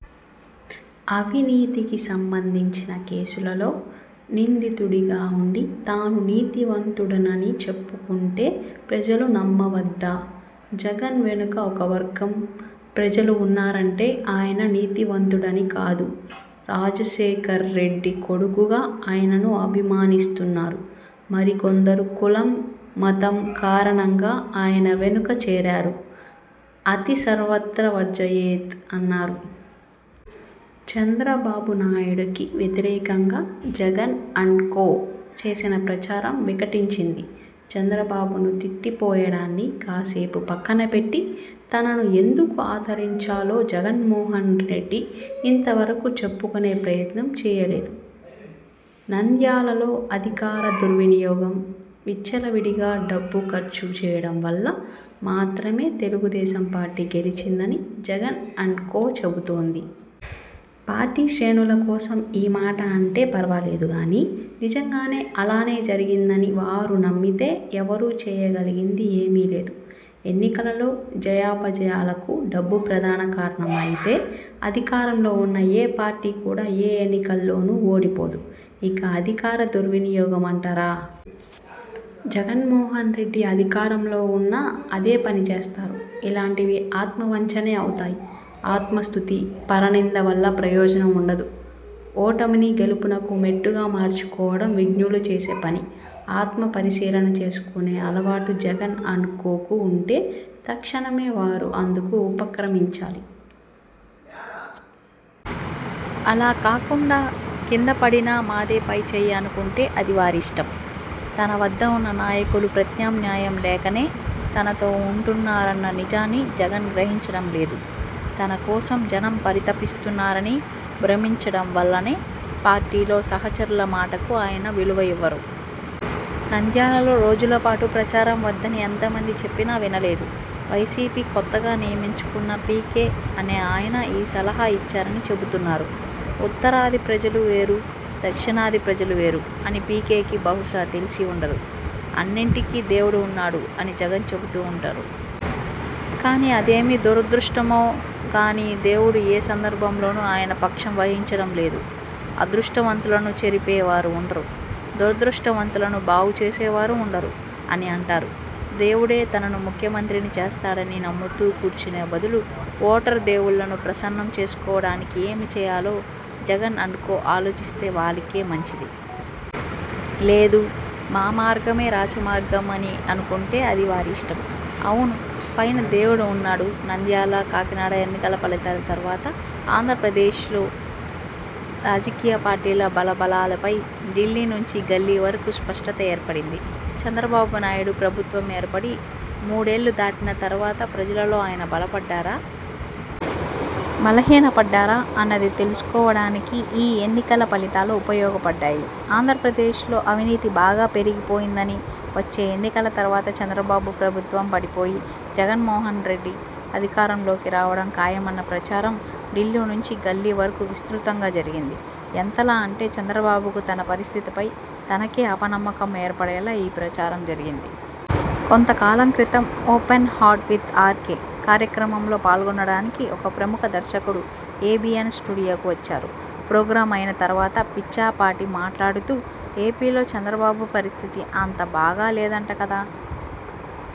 అవినీతికి సంబంధించిన కేసులలో నిందితుడిగా ఉండి తాను నీతివంతుడనని చెప్పుకొంటే ప్రజలు నమ్మవద్దా? జగన్ వెనుక ఒక వర్గం ప్రజలు ఉన్నారంటే ఆయన నీతివంతుడని కాదు– రాజశేఖర్రెడ్డి కొడుకుగా ఆయనను అభిమానిస్తున్నారు. మరికొందరు కులం, మతం కారణంగా ఆయన వెనుక చేరారు. అతి సర్వత్ర వర్జయేత్ అన్నారు. చంద్రబాబునాయుడికి వ్యతిరేకంగా జగన్ అండ్ కో చేసిన ప్రచారం వికటించింది. చంద్రబాబును తిట్టిపోయడాన్ని కాసేపు పక్కనపెట్టి తనను ఎందుకు ఆదరించాలో జగన్మోహన్రెడ్డి ఇంతవరకు చెప్పుకొనే ప్రయత్నం చేయలేదు. నంద్యాలలో అధికార దుర్వినియోగం, విచ్చలవిడిగా డబ్బు ఖర్చు చేయడం వల్ల మాత్రమే తెలుగుదేశం పార్టీ గెలిచిందని జగన్ అండ్ కో చెబుతోంది. పార్టీ శ్రేణుల కోసం ఈ మాట అంటే ఫర్వాలేదు గానీ, నిజంగానే అలానే జరిగిందని వారూ నమ్మితే ఎవరూ చేయగలిగింది ఏమీ లేదు. ఎన్నికలలో జయాపజయాలకు డబ్బు ప్రధాన కారణం అయితే అధికారంలో ఉన్న ఏ పార్టీ కూడా ఏ ఎన్నికల్లోనూ ఓడిపోదు. ఇక అధికార దుర్వినియోగం అంటారా? జగన్మోహన్రెడ్డి అధికారంలో ఉన్నా అదే పని చేస్తారు. ఇలాంటివి ఆత్మ వంచనే అవుతాయి. ఆత్మస్తుతి-– పరనింద వల్ల ప్రయోజనం ఉండదు. ఓటమిని గెలుపునకు మెట్టుగా మార్చుకోవడం విజ్ఞులు చేసే పని! ఆత్మ పరిశీలన చేసుకునే అలవాటు జగన్ అండ్ కోకు ఉంటే తక్షణమే వారు అందుకు ఉపక్రమించాలి. అలా కాకుండా కింద పడినా మాదే పైచేయి అనుకుంటే అది వారి ఇష్టం. తన వద్ద ఉన్న నాయకులు ప్రత్యామ్నాయం లేకనే తనతో ఉంటున్నారన్న నిజాన్ని జగన్ గ్రహించడం లేదు. తన కోసం జనం పరితపిస్తున్నారని భ్రమించడం వల్లనే పార్టీలో సహచరుల మాటకు ఆయన విలువ ఇవ్వరు. నంద్యాలలో రోజులపాటు ప్రచారం వద్దని ఎంత మంది చెప్పినా వినలేదు. వైసీపీ కొత్తగా నియమించుకున్న పీకే అనే ఆయన ఈ సలహా ఇచ్చారని చెబుతున్నారు. ఉత్తరాది ప్రజలు వేరు-– దక్షిణాది ప్రజలు వేరు అని పీకేకి బహుశా తెలిసి ఉండదు. అన్నింటికీ దేవుడు ఉన్నాడు అని జగన్ చెబుతూ ఉంటారు. కానీ అదేమి దురదృష్టమో గానీ దేవుడు ఏ సందర్భంలోనూ ఆయన పక్షం వహించడం లేదు. అదృష్టవంతులను చెరిపేవారు ఉండరు– దురదృష్టవంతులను బాగు చేసేవారు ఉండరు అని అంటారు. దేవుడే తనను ముఖ్యమంత్రిని చేస్తాడని నమ్ముతూ కూర్చునే బదులు ఓటరు దేవుళ్లను ప్రసన్నం చేసుకోవడానికి ఏమి చేయాలో జగన్ అండ్ కో ఆలోచిస్తే వారికే మంచిది. లేదు-– మా మార్గమే రాచమార్గం అని అనుకుంటే అది వారి ఇష్టం. అవును పైన దేవుడు ఉన్నాడు! నంద్యాల, కాకినాడ ఎన్నికల ఫలితాల తర్వాత ఆంధ్రప్రదేశ్లో రాజకీయ పార్టీల బలాబలాలపై ఢిల్లీ నుంచి గల్లీ వరకు స్పష్టత ఏర్పడింది. చంద్రబాబునాయుడు ప్రభుత్వం ఏర్పడి మూడేళ్లు దాటిన తర్వాత ప్రజలలో ఆయన బలపడ్డారా? బలహీనపడ్డారా? అన్నది తెలుసుకోవడానికి ఈ ఎన్నికల ఫలితాలు ఉపయోగపడ్డాయి. ఆంధ్రప్రదేశ్లో అవినీతి బాగా పెరిగిపోయిందనీ, వచ్చే ఎన్నికల తర్వాత చంద్రబాబు ప్రభుత్వం పడిపోయి జగన్మోహన్రెడ్డి అధికారంలోకి రావడం ఖాయమన్న ప్రచారం ఢిల్లీ నుంచి గల్లీ వరకు విస్తృతంగా జరిగింది. ఎంతలా అంటే చంద్రబాబుకు తన పరిస్థితిపై తనకే అపనమ్మకం ఏర్పడేలా ఈ ప్రచారం జరిగింది. కొంతకాలం క్రితం 'ఓపెన్ హార్ట్ విత్ ఆర్కే' కార్యక్రమంలో పాల్గొనడానికి ఒక ప్రముఖ దర్శకుడు ఏబీఎన్ స్టూడియోకు వచ్చారు. ప్రోగ్రాం అయిన తర్వాత పిచ్చాపాటీ మాట్లాడుతూ 'ఏపీలో చంద్రబాబు పరిస్థితి అంత బాగా లేదంట కదా!